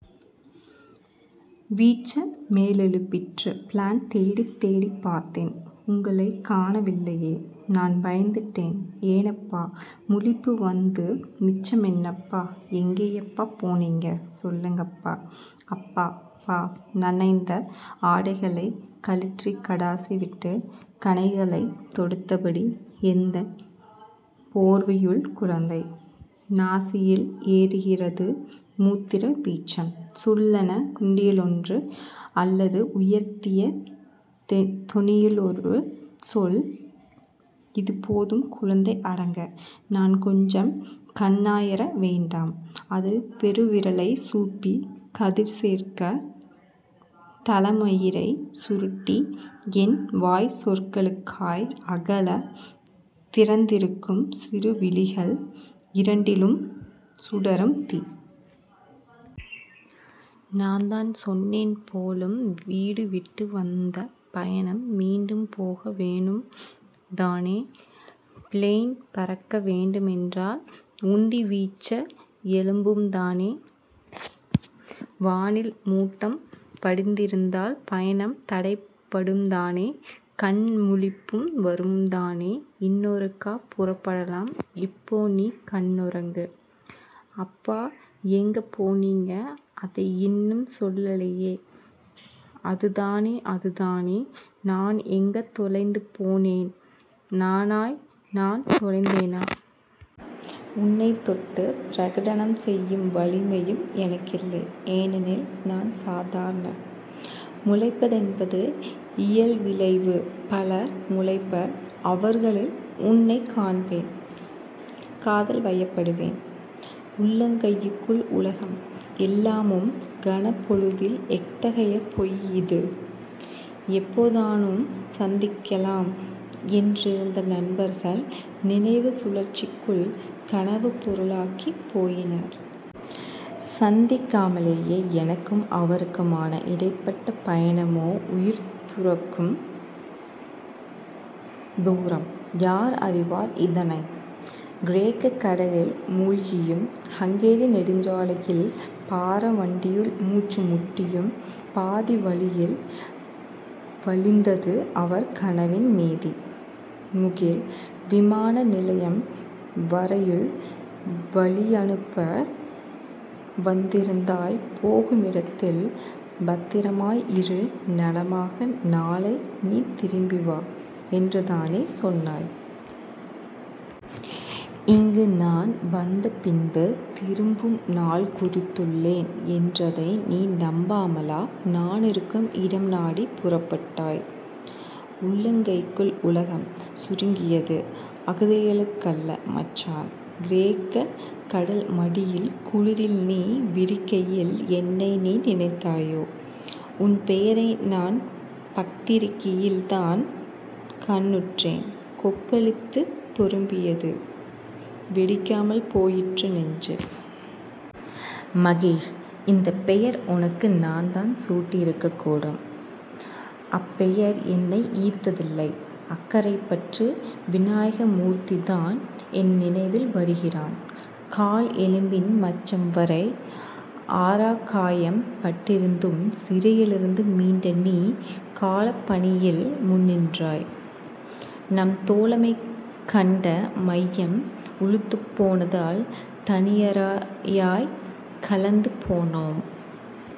வீச்சா மேலெழும்பிற்று பிளேன் தேடித் தேடிப் பார்த்தன் உங்களைக் காணவில்லையே நான் பயந்திட்டன் ஏனப்பா முழிப்பு வந்து மிச்சமென்னப்பா எங்கேயப்பா போனனீங்க சொல்லுங்கப்பா... அப்பா... பா... நனைந்த ஆடைகளைக் கழற்றிக் கடாசிவிட்டு கணைகளைத் தொடுத்தபடி எந்தன் போர்வையுள் குழந்தை. நாசியில் ஏறுகிறது மூத்திர வீச்சம் சுள்ளென குண்டியிலொன்று அல்லது உயர்த்திய தொனியிலொரு சொல் இது போதும் குழந்தை அடங்க நான் கொஞ்சம் கண்ணாயர வேண்டாம் அது பெருவிரலைச் சூப்பி கதிர்சேர்க்க தலைமயிரைச் சுருட்டி என் வாய்ச்சொற்களுக்காய் அகலத் திறந்திருக்கும் சிறு விழிகள் இரண்டிலும் சுடரும் தீ நான்தான் சொன்னேன் போலும் வீடுவிட்டு வந்த பயணம் மீண்டும் போக வேணும்தானே பிளேன் பறக்க வேண்டுமென்றால் உந்தி வீச்சா எழும்பும்தானே வானில் மூட்டம் படிந்திருந்தால் பயணம் தடைப்படும்தானே கண்முழிப்பும் வரும்தானே இன்னொருக்கா புறப்படலாம் இப்போ நீ கண்ணுறங்கு. அப்பா எங்க போனீங்க அதை இன்னும் சொல்லலையே அதுதானே அதுதானே நான் எங்க தொலைந்து போனேன் நானாய்த் தான் தொலைந்தேனா? உனைத் தொட்டு பிரகடனம் செய்யும் வலிமையும் எனக்கில்லை ஏனெனில் நான் சாதாரணன் முளைப்பதென்பது இயல்விளைவு பலர் முளைப்பர் அவர்களில் உன்னைக்காண்பேன் காதல்வயப்படுவேன். உள்ளங் கைக்குள் உலகம் எல்லாமும் கணப்பொழுதில் எத்தகைய பொய் இது. எப்போதானும் சந்திக்கலாம் என்றிருந்த நண்பர்கள் நினைவுச் சுழற்சிக்குள் கனவுப் பொருளாகிப் போயினர். சந்திக்காமலேயே எனக்கும் அவர்க்குமான இடைப்பட்ட பயணமோ உயிர் துறக்கும் தூரம் யார் அறிவார் இதனை? கிரேக்கக் கடலில் மூழ்கியும், ஹங்கேரி நெடுஞ்சாலையில் பாரவண்டியுள் மூச்சு முட்டியும், பாதிவழியில் வழிந்தது அவர் கனவின் மீதி...! முகில்! விமான நிலையம் வரையில் வழியனுப்ப வந்திருந்தாய் போகுமிடத்தில் பத்திரமாய் இரு நலமாக நாளை நீ திரும்பி வா" என்றுதானே சொன்னாய். இங்கு நான் வந்த பின்பு திரும்பும் நாள் குறித்துள்ளேன் என்றதை நீ நம்பாமலா நானிருக்கும் இடம் நாடிப் புறப்பட்டாய்? உள்ளங்கைக்குள் உலகம் சுருங்கியது அகதிகளுக்கல்ல மச்சான்! கிரேக்க கடல் மடியில் குளிரில் நீ விறிக்கையில் என்னை நீ நினைத்தாயோ! உன் பெயரை நான் பத்திரிகையில்தான் கண்ணுற்றேன் கொப்பளித்து பொருமியது, வெடிக்காமல் போயிற்று நெஞ்சு! மகேஷ்! இந்தப் பெயர் உனக்கு நான்தான் சூட்டியிருக்கக்கூடும் அப்பெயர் என்னை ஈர்த்ததில்லை அக்கரைப்பற்று வினாயகமூர்த்திதான் என் நினைவில் வருகிறான். கால் எலும்பின் மச்சவரை। ஆறாக்காயம் பட்டிருந்தும் சிறையிருந்து மீண்ட நீ காளப்பணியில் முன்நின்றாய். நாம் தோழமை கண்ட மையம் உளுத்துப்போனதால் தனியராய் கலைந்து போனோம்.